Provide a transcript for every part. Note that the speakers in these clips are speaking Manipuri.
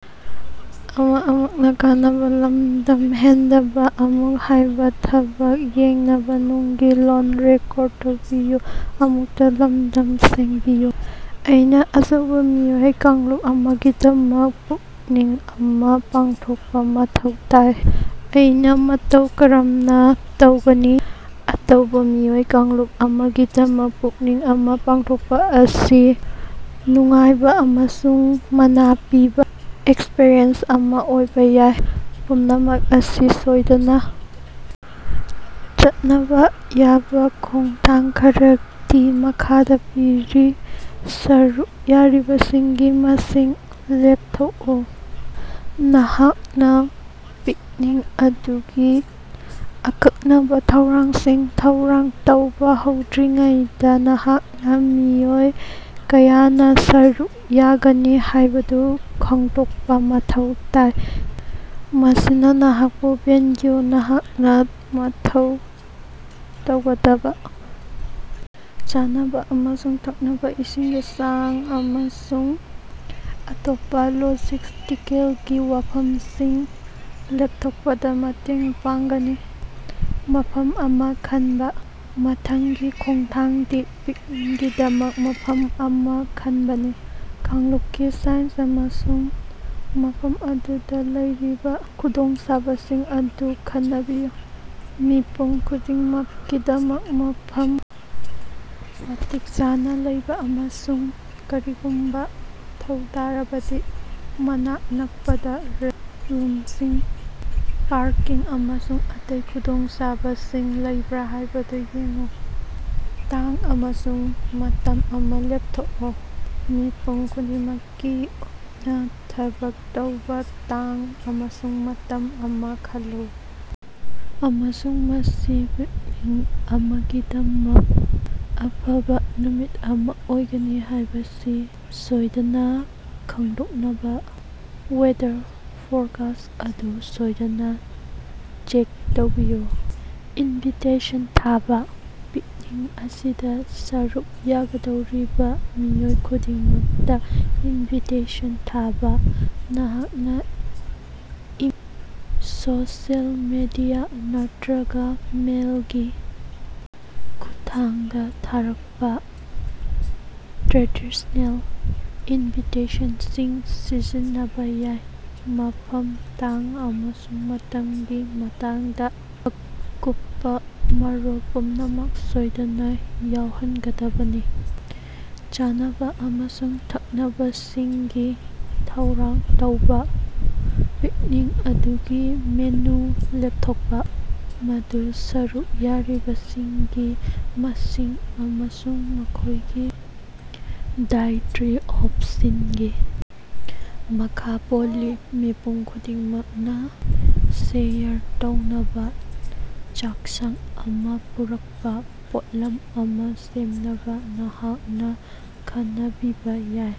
ꯑꯩꯅꯥ ꯑꯆꯧꯕꯥ ꯃꯤꯑꯣꯏ ꯀꯥꯡꯂꯨꯞ ꯑꯃꯒꯤꯗꯃꯛ ꯄꯨꯛꯅꯤꯛ ꯑꯃꯥ ꯄꯥꯡꯊꯣꯛꯄꯥ ꯃꯊꯧ ꯇꯥꯏ꯫ ꯑꯩꯅꯥ ꯃꯇꯧ ꯀꯔꯝꯅꯥ ꯇꯧꯒꯅꯤ? ꯑꯇꯧꯕꯥ ꯃꯤꯑꯣꯏ ꯀꯥꯡꯂꯨꯞ ꯑꯃꯒꯤꯗꯃꯛ ꯄꯤꯛꯅꯤꯛ ꯑꯃꯥ ꯄꯥꯡꯊꯣꯛꯄꯥ ꯑꯁꯤ ꯅꯨꯡꯉꯥꯏꯕꯥ ꯑꯃꯁꯨꯡ ꯃꯅꯥ ꯄꯤꯕꯥ ꯑꯦꯛꯁꯄ꯭ꯔꯤꯌꯦꯟꯁ ꯑꯃꯥ ꯑꯣꯏꯕꯥ ꯌꯥꯏ꯫ ꯄꯨꯝꯅꯃꯛ ꯑꯁꯤ ꯁꯣꯏꯗꯅꯥ ꯆꯠꯅꯕꯥ ꯌꯥꯕꯥ ꯈꯣꯡꯊꯥꯡ ꯈꯔꯗꯤ ꯃꯈꯥꯗꯥ ꯄꯤꯔꯤ: ꯁꯔꯨꯛ ꯌꯥꯔꯤꯕꯁꯤꯡꯒꯤ ꯃꯁꯤꯡ ꯂꯦꯞꯊꯣꯛꯎ: ꯅꯍꯥꯛꯅꯥ ꯄꯤꯛꯅꯤꯛ ꯑꯗꯨꯒꯤ ꯑꯀꯛꯅꯕꯥ ꯊꯧꯔꯥꯡꯁꯤꯡ ꯊꯧꯔꯥꯡ ꯇꯧꯕꯥ ꯍꯧꯗ꯭ꯔꯤꯉꯩꯗꯥ, ꯅꯍꯥꯛꯅꯥ ꯃꯤꯑꯣꯏ ꯀꯌꯥꯅꯥ ꯁꯔꯨꯛ ꯌꯥꯒꯅꯤ ꯍꯥꯏꯕꯗꯨ ꯈꯪꯗꯣꯛꯄꯥ ꯃꯊꯧ ꯇꯥꯏ꯫ ꯃꯁꯤꯅꯥ ꯅꯍꯥꯛꯄꯨ ꯚꯦꯟꯌꯨ, ꯅꯍꯥꯛꯅꯥ ꯃꯊꯧ ꯇꯪꯒꯗꯕꯥ ꯆꯥꯅꯕꯥ ꯑꯃꯁꯨꯡ ꯊꯛꯅꯕꯥ ꯏꯁꯤꯡꯒꯤ ꯆꯥꯡ, ꯑꯃꯁꯨꯡ ꯑꯇꯣꯞꯄꯥ ꯂꯣꯖꯤꯁꯇꯤꯀꯦꯜꯒꯤ ꯋꯥꯐꯝꯁꯤꯡ ꯂꯦꯞꯊꯣꯛꯄꯗꯥ ꯃꯇꯦꯡ ꯄꯥꯡꯒꯅꯤ꯫ ꯃꯐꯝ ꯑꯃꯥ ꯈꯟꯕꯥ: ꯃꯊꯪꯒꯤ ꯈꯣꯡꯊꯥꯡꯗꯤ ꯄꯤꯛꯅꯤꯛꯀꯤꯗꯃꯛ ꯃꯐꯝ ꯑꯃꯥ ꯈꯟꯕꯅꯤ꯫ ꯀꯥꯡꯂꯨꯞꯀꯤ ꯁꯥꯏꯖ ꯑꯃꯁꯨꯡ ꯃꯐꯝ ꯑꯗꯨꯗꯥ ꯂꯩꯔꯤꯕꯥ ꯈꯨꯗꯣꯡꯆꯥꯕꯁꯤꯡ ꯑꯗꯨ ꯈꯟꯅꯕꯤꯌꯨ꯫ ꯃꯤꯄꯨꯝ ꯈꯨꯗꯤꯡꯃꯛꯀꯤꯗꯃꯛ ꯃꯐꯝ ꯃꯇꯤꯛ ꯆꯥꯅꯥ ꯂꯩꯕꯥ, ꯑꯃꯁꯨꯡ ꯀꯔꯤꯒꯨꯝꯕꯥ ꯃꯊꯧ ꯇꯥꯔꯕꯗꯤ ꯃꯅꯥꯛ ꯅꯛꯄꯗꯥ ꯔꯦꯁ ꯔꯨꯝꯁꯤꯡ, ꯄꯥꯔꯀꯤꯡ ꯑꯃꯁꯨꯡ ꯑꯇꯩ ꯈꯨꯗꯣꯡꯆꯥꯕꯁꯤꯡ ꯂꯩꯕ꯭ꯔꯥ ꯍꯥꯏꯕꯗꯨ ꯌꯦꯡꯎ꯫ ꯇꯥꯡ ꯑꯃꯁꯨꯡ ꯃꯇꯝ ꯑꯃꯥ ꯂꯦꯞꯊꯣꯛꯎ: ꯃꯤꯄꯨꯝ ꯈꯨꯗꯤꯡꯃꯛꯀꯤ ꯑꯣꯏꯅꯥ ꯊꯕꯛ ꯇꯧꯕꯥ ꯇꯥꯡ ꯑꯃꯁꯨꯡ ꯃꯇꯝ ꯑꯃꯥ ꯈꯜꯂꯨ, ꯑꯃꯁꯨꯡ ꯃꯁꯤ ꯄꯤꯛꯅꯤꯛ ꯑꯃꯒꯤꯗꯃꯛ ꯑꯐꯕꯥ ꯅꯨꯃꯤꯠ ꯑꯃꯥ ꯑꯣꯏꯒꯅꯤ ꯍꯥꯏꯕꯁꯤ ꯁꯣꯏꯗꯅꯥ ꯈꯪꯗꯣꯛꯅꯕꯥ ꯋꯦꯗꯔ ꯐꯣꯔꯀꯥꯁ ꯑꯗꯨ ꯁꯣꯏꯗꯅꯥ ꯆꯦꯛ ꯇꯧꯕꯤꯌꯨ꯫ ꯏꯟꯚꯤꯇꯦꯁꯟ ꯊꯥꯕꯥ: ꯄꯤꯛꯅꯤꯛ ꯑꯁꯤꯗꯥ ꯁꯔꯨꯛ ꯌꯥꯒꯗꯧꯔꯤꯕꯥ ꯃꯤꯑꯣꯏ ꯈꯨꯗꯤꯡꯃꯛꯇꯥ ꯏꯟꯚꯤꯇꯦꯁꯟ ꯊꯥꯕꯥ꯫ ꯅꯍꯥꯛꯅꯥ ꯏ, ꯁꯣꯁꯤꯑꯦꯜ ꯃꯦꯗꯤꯌꯥ, ꯅꯠꯇ꯭ꯔꯒꯥ ꯃꯦꯜꯒꯤ ꯈꯨꯠꯊꯥꯡꯗꯥ ꯊꯥꯔꯛꯄꯥ ꯇ꯭ꯔꯦꯗꯤꯁꯅꯦꯜ ꯏꯟꯚꯤꯇꯦꯁꯟꯁꯤꯡ ꯁꯤꯖꯤꯟꯅꯕꯥ ꯌꯥꯏ꯫ ꯃꯐꯝ, ꯇꯥꯡ ꯑꯃꯁꯨꯡ ꯃꯇꯝꯒꯤ ꯃꯇꯥꯡꯗꯥ ꯑꯀꯨꯞꯄꯥ ꯃꯔꯣꯜ ꯄꯨꯝꯅꯃꯛ ꯁꯣꯏꯗꯅꯥ ꯌꯥꯎꯍꯟꯒꯗꯕꯅꯤ꯫ ꯆꯥꯅꯕꯥ ꯑꯃꯁꯨꯡ ꯊꯛꯅꯕꯁꯤꯡꯒꯤ ꯊꯧꯔꯥꯡ ꯇꯧꯕꯥ: ꯄꯤꯛꯅꯤꯛ ꯑꯗꯨꯒꯤ ꯃꯦꯅꯨ ꯂꯦꯞꯊꯣꯛꯄꯥ, ꯃꯗꯨ ꯁꯔꯨꯛ ꯌꯥꯔꯤꯕꯁꯤꯡꯒꯤ ꯃꯁꯤꯡ ꯑꯃꯁꯨꯡ ꯃꯈꯣꯏꯒꯤ ꯗꯥꯏꯠꯇꯔꯤ ꯑꫭꯞꯁꯤꯟꯒꯤ ꯃꯈꯥ ꯄꯣꯜꯂꯤ꯫ ꯃꯤꯄꯨꯝ ꯈꯨꯗꯤꯡꯃꯛꯅꯥ ꯁꯦꯌꯔ ꯇꯧꯅꯕꯥ ꯆꯥꯛꯁꯪ ꯑꯃꯥ ꯄꯨꯔꯛꯄꯥ ꯄꯣꯠꯂꯝ ꯑꯃꯥ ꯁꯦꯝꯅꯕꯥ ꯅꯍꯥꯛꯅꯥ ꯈꯟꯅꯕꯤꯕꯥ ꯌꯥꯏ꯫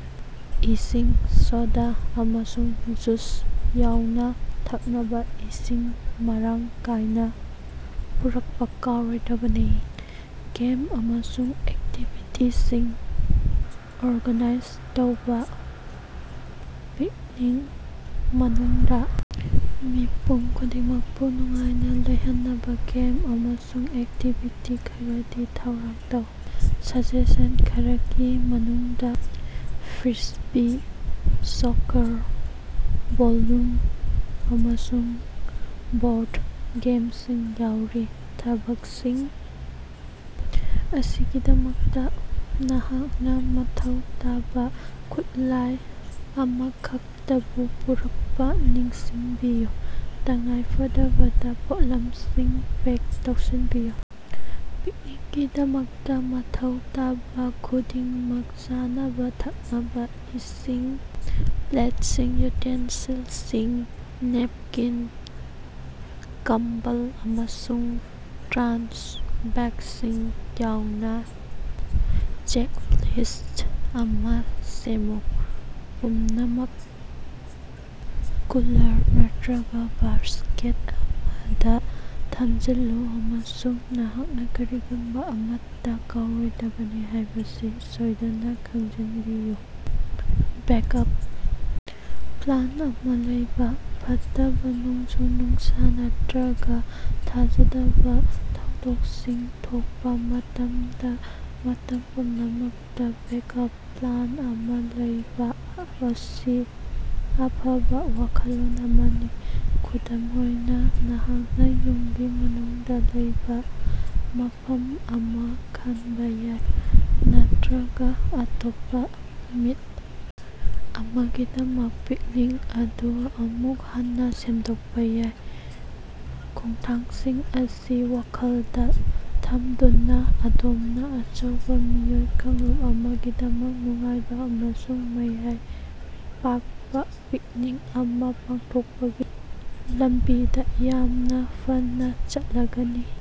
ꯏꯁꯤꯡ, ꯁꯣꯗꯥ ꯑꯃꯁꯨꯡ ꯖꯨꯁ ꯌꯥꯎꯅꯥ ꯊꯛꯅꯕꯥ ꯏꯁꯤꯡ ꯃꯔꯥꯡ ꯀꯥꯏꯅꯥ ꯄꯨꯔꯛꯄꯥ ꯀꯥꯎꯔꯣꯏꯗꯕꯅꯤ꯫ ꯒꯦꯝ ꯑꯃꯁꯨꯡ ꯑꯦꯛꯇꯤꯚꯤꯇꯤꯁꯤꯡ ꯑꯣꯔꯒꯥꯅꯥꯏꯖ ꯇꯧꯕꯥ: ꯄꯤꯛꯅꯤꯛ ꯃꯅꯨꯡꯗꯥ ꯃꯤꯄꯨꯝ ꯈꯨꯗꯤꯡꯃꯛꯄꯨ ꯅꯨꯡꯉꯥꯏꯅꯥ ꯂꯩꯍꯟꯅꯕꯥ ꯒꯦꯝ ꯑꯃꯁꯨꯡ ꯑꯦꯛꯇꯤꯚꯤꯇꯤ ꯈꯔꯗꯤ ꯊꯧꯔꯥꯡ ꯇꯧ꯫ ꯁꯖꯦꯁꯟ ꯈꯔꯒꯤ ꯃꯅꯨꯡꯗꯥ ꯐ꯭ꯔꯤꯁꯕꯤ, ꯁꯣꯀꯔ, ꯚꯣꯜꯂꯨꯝ, ꯑꯃꯁꯨꯡ ꯕꯣꯔꯗ ꯒꯦꯝꯁꯤꯡ ꯌꯥꯎꯔꯤ꯫ ꯊꯕꯛꯁꯤꯡ ꯑꯁꯤꯒꯤꯗꯃꯛꯇꯥ ꯅꯍꯥꯛꯅꯥ ꯃꯊꯧ ꯇꯥꯕꯥ ꯈꯨꯠꯂꯥꯏ ꯑꯃꯈꯛꯇꯕꯨ ꯄꯨꯔꯛꯄꯥ ꯅꯤꯡꯁꯤꯡꯕꯤꯌꯨ꯫ ꯇꯉꯥꯏꯐꯗꯕꯥꯗ ꯄꯣꯠꯂꯝꯁꯤꯡ ꯄꯦꯛ ꯇꯧꯁꯤꯟꯕꯤꯌꯨ: ꯄꯤꯛꯅꯤꯛꯀꯤꯗꯃꯛꯇꯥ ꯃꯊꯧ ꯇꯥꯕꯥ ꯈꯨꯗꯤꯡꯃꯛ, ꯆꯥꯅꯕꯥ, ꯊꯛꯅꯕꯥ ꯏꯁꯤꯡ, ꯄ꯭ꯂꯦꯠꯁꯤꯡ, ꯌꯨꯇꯦꯟꯁꯤꯜꯁꯤꯡ, ꯅꯦꯞꯀꯤꯟ, ꯀꯝꯕꯜ, ꯑꯃꯁꯨꯡ ꯇ꯭ꯔꯥꯁ ꯕꯦꯒꯁꯤꯡ ꯌꯥꯎꯅꯥ ꯆꯦꯛꯂꯤꯁ꯭ꯠ ꯑꯃꯥ ꯁꯦꯝꯃꯨ꯫ ꯄꯨꯝꯅꯃꯛ ꯀꯨꯂꯔ ꯅꯠꯇ꯭ꯔꯒꯥ ꯕꯥꯁ꯭ꯀꯦꯠ ꯑꯃꯗꯥ ꯊꯝꯖꯤꯜꯂꯨ ꯑꯃꯁꯨꯡ ꯅꯍꯥꯛꯅꯥ ꯀꯔꯤꯒꯨꯝꯕꯥ ꯑꯃꯠꯇꯥ ꯀꯥꯎꯔꯣꯏꯗꯕꯅꯤ ꯍꯥꯏꯕꯁꯤ ꯁꯣꯏꯗꯅꯥ ꯈꯪꯖꯤꯟꯕꯤꯌꯨ꯫ ꯕꯦꯛꯑꯞ ꯄ꯭ꯂꯥꯟ ꯑꯃꯥ ꯂꯩꯕꯥ: ꯐꯠꯇꯕꯥ ꯅꯣꯡꯖꯨ-ꯅꯨꯡꯁꯥ ꯅꯠꯇ꯭ꯔꯒꯥ ꯊꯥꯖꯗꯕꯥ ꯊꯧꯗꯣꯛꯁꯤꯡ ꯊꯣꯛꯄꯥ ꯃꯇꯝꯗꯥ, ꯃꯇꯝ ꯄꯨꯝꯅꯃꯛꯇꯥ ꯕꯦꯛꯑꯞ ꯄ꯭ꯂꯥꯟ ꯑꯃꯥ ꯂꯩꯕꯥ ꯑꯁꯤ ꯑꯐꯕꯥ ꯋꯥꯈꯜꯂꯣꯟ ꯑꯃꯅꯤ꯫ ꯈꯨꯗꯝ ꯑꯣꯏꯅꯥ, ꯅꯍꯥꯛꯅꯥ ꯌꯨꯝꯒꯤ ꯃꯅꯨꯡꯗꯥ ꯂꯩꯕꯥ ꯃꯐꯝ ꯑꯃꯥ ꯈꯟꯕꯥ ꯌꯥꯏ ꯅꯠꯇ꯭ꯔꯒꯥ ꯑꯇꯣꯞꯄꯥ ꯅꯨꯃꯤꯠ ꯑꯃꯒꯤꯗꯃꯛ ꯄꯤꯛꯅꯤꯛ ꯑꯗꯨ ꯑꯃꯨꯛ ꯍꯟꯅꯥ ꯁꯦꯝꯗꯣꯛꯄꯥ ꯌꯥꯏ꯫ ꯈꯣꯡꯊꯥꯡꯁꯤꯡ ꯑꯁꯤ ꯋꯥꯈꯜꯗꯥ ꯊꯝꯗꯨꯅꯥ, ꯑꯗꯣꯝꯅꯥ ꯑꯆꯧꯕꯥ ꯃꯤꯑꯣꯏ ꯀꯥꯡꯂꯨꯞ ꯑꯃꯒꯤꯗꯃꯛ ꯅꯨꯡꯉꯥꯏꯕꯥ ꯑꯃꯁꯨꯡ ꯃꯥꯏ ꯄꯥꯛꯄꯥ ꯄꯤꯛꯅꯤꯛ ꯑꯃꯥ ꯄꯥꯡꯊꯣꯛꯄꯒꯤ ꯂꯝꯕꯤꯗꯥ ꯌꯥꯝꯅꯥ ꯐꯅꯥ ꯆꯠꯂꯒꯅꯤ꯫